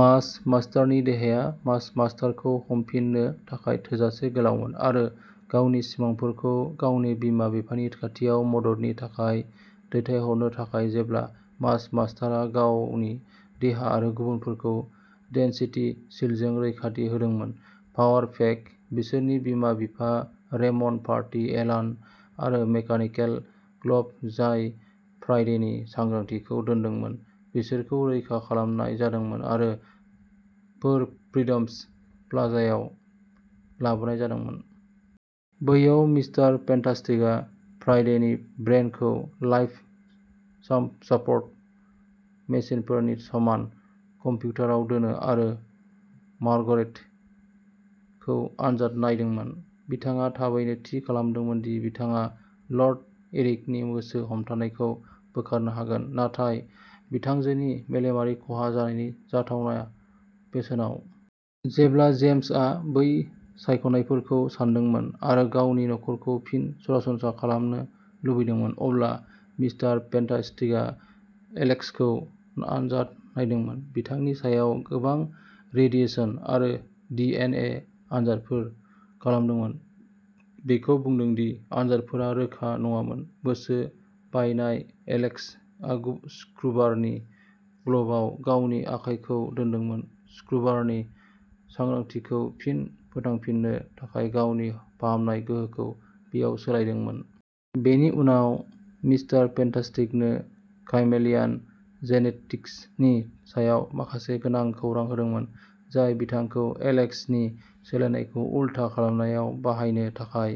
मास मास्टारनि देहाया मास मास्टार खौ हामफिन्नो थाखाय थोजासे गोलावमोन आरो गावनि सिमांफोरखौ गावनि बिमा-बिफानि खाथियाव मददनि थाखाय दैथायहरनो थाखाय जेब्ला मास मास्टार आ गावनि देहा आरो गुबुनफोरखौ डेन्सिटि शील्डजों रैखाथि होदोंमोन। पावार पेक, बिसोरनि बिमा-बिफा रेमन्ड, मार्टी एलान आरो मेकानिकेल ग्ल'ब जाय फ्राइडेनि सांग्रांथिखौ दोनदोंमोन, बिसोरखौ रैखा खालामनाय जादोंमोन आरो फोर फ्रिडम्स प्लाजायाव लाबोनाय जादोंमोन। बैयाव मिस्टार फेन्टास्टिकआ फ्राइडेनि ब्रेन खौ लाइफ सापर्ट मेसिनफोरनि समान कम्पिउटाराव दोनो आरो मार्गरेट खौ आनजाद नायदोंमोन। बिथाङा थाबैनो थि खालामदोंमोन दि बिथाङा लर्ड इरिकनि गोसो हमथानायखौ बोखारनो हागोन, नाथाय बिथांजोनि मेलेमारि खहा जानायनि जाथावना बेसेनाव। जेब्ला जेम्स आ बै सायख'नायफोरखौ सानदोंमोन आरो गावनि नखरखौ फिन सरासनस्रा खालामनो लुबैदोंमोन, अब्ला मिस्टार फेन्टास्टिकआ एलेक्स खौ आनजाद नायदोंमोन, बिथांनि सायाव गोबां रेडिएसन आरो डी एन ए आनजादफोर खालामदोंमोन। बेखौ बुंना दि आनजादफोरा रोखा नङामोन, गोसो बायनाय एलेक्स आ सुक्रुबारनि ग्ल'बआव गावनि आखायखौ दोनदोंमोन, शुक्रबारनि सांग्रांथिखौ फिन फोथांफिन्नो थाखाय गावनि फाहामनाय गोहोखौ बेयाव सोलायदोंमोन। बेनि उनाव मिस्टार फेन्टास्टिकनो काइमेलियान जेनेटिक्सनि सायाव माखासे गोनां खौरां होदोंमोन, जाय बिथांखौ एलेक्स नि सोलायनायखौ उलथा खालामनायाव बाहायनो थाखाय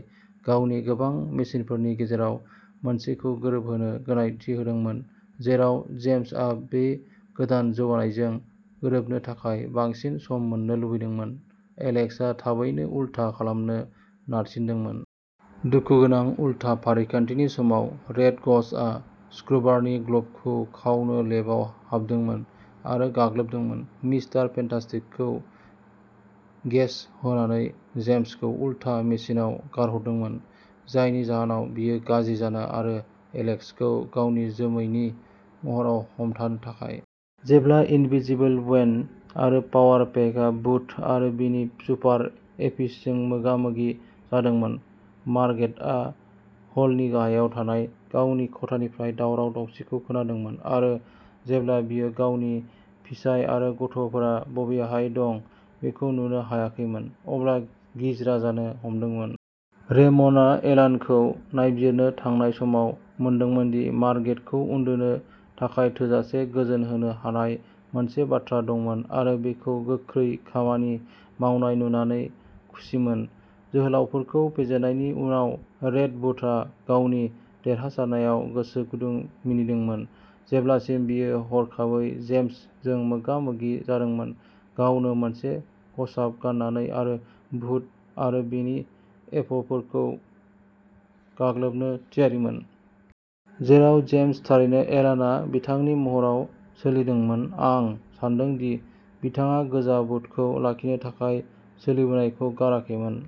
गावनि गोबां मेसिनफोरनि गेजेराव मोनसेखौ गोरोबहोनो गनायथि होदोंमोन। जेराव जेम्स आ बे गोदान जौगानायजों गोरोबनो थाखाय बांसिन सम मोन्नो लुबैदोंमोन एलेक्स आ थाबैनो उलथा खालामनो नारसिनदोंमोन। दुखुगोनां उलथा फारिखान्थिनि समाव रेड ग'स्ट आ सुक्रुबारनि ग्ल'बखौ खावनो लेबआव हाबदोंमोन आरो गाग्लोबदोंमोन, मिस्टार फेन्टास्टिकखौ गेस होनानै जेम्स खौ उलथा मेसिनआव गारहरदोंमोन, जायनि जाहोनाव बेयो गाज्रि जानो आरो एलेक्स खौ गावनि जोमैनि महराव हमथानो थाखाय। जेब्ला इनविजिबल वुमेन आरो पावार पेकआ भुत आरो बिनि सुपार एपिसजों मोगा-मोगि जादोंमोन, मार्ग्रेटआ हलनि गाहायाव थानाय गावनि खथानिफ्राय दावराव-दावसिखौ खोनादोंमोन आरो जेब्ला बियो गावनि फिसाय आरो गथ'फोरा बबेहाय दं बेखौ नुनो हायाखैमोन, अब्ला गिज्रा जानो हमदोंमोन। रेमन्डआ एलानखौ नायबिजिरनो थांनाय समाव मोनदोंमोन दि मार्ग्रेट खौ उन्दुनो थाखाय थोजासे गोजोन होनो हानाय मोनसे बाथ्रा दंमोन आरो बेखौ गोख्रै खामानि मावनाय नुनानै खुसिमोन। जोहोलावफोरखौ फेजेननायनि उनाव रेड भुतआ गावनि देरहासारनायाव गोसो गुदुं मिनिदोंमोन, जेब्लासिम बियो हरखाबै जेम्स जों मोगा-मोगि जादोंमोन, गावनो मोनसे खसाब गाननानै आरो भुत आरो बिनि एपफोरखौ गाग्लोबनो थियारिमोन। जेराव जेम्स थारैनो एलानआ बिथांनि महराव सोलिदोंमोन आं सान्दों दि बिथाङा गोजा भुतखौ लाखिनो थाखाय सोलिबोनायखौ गाराखैमोन।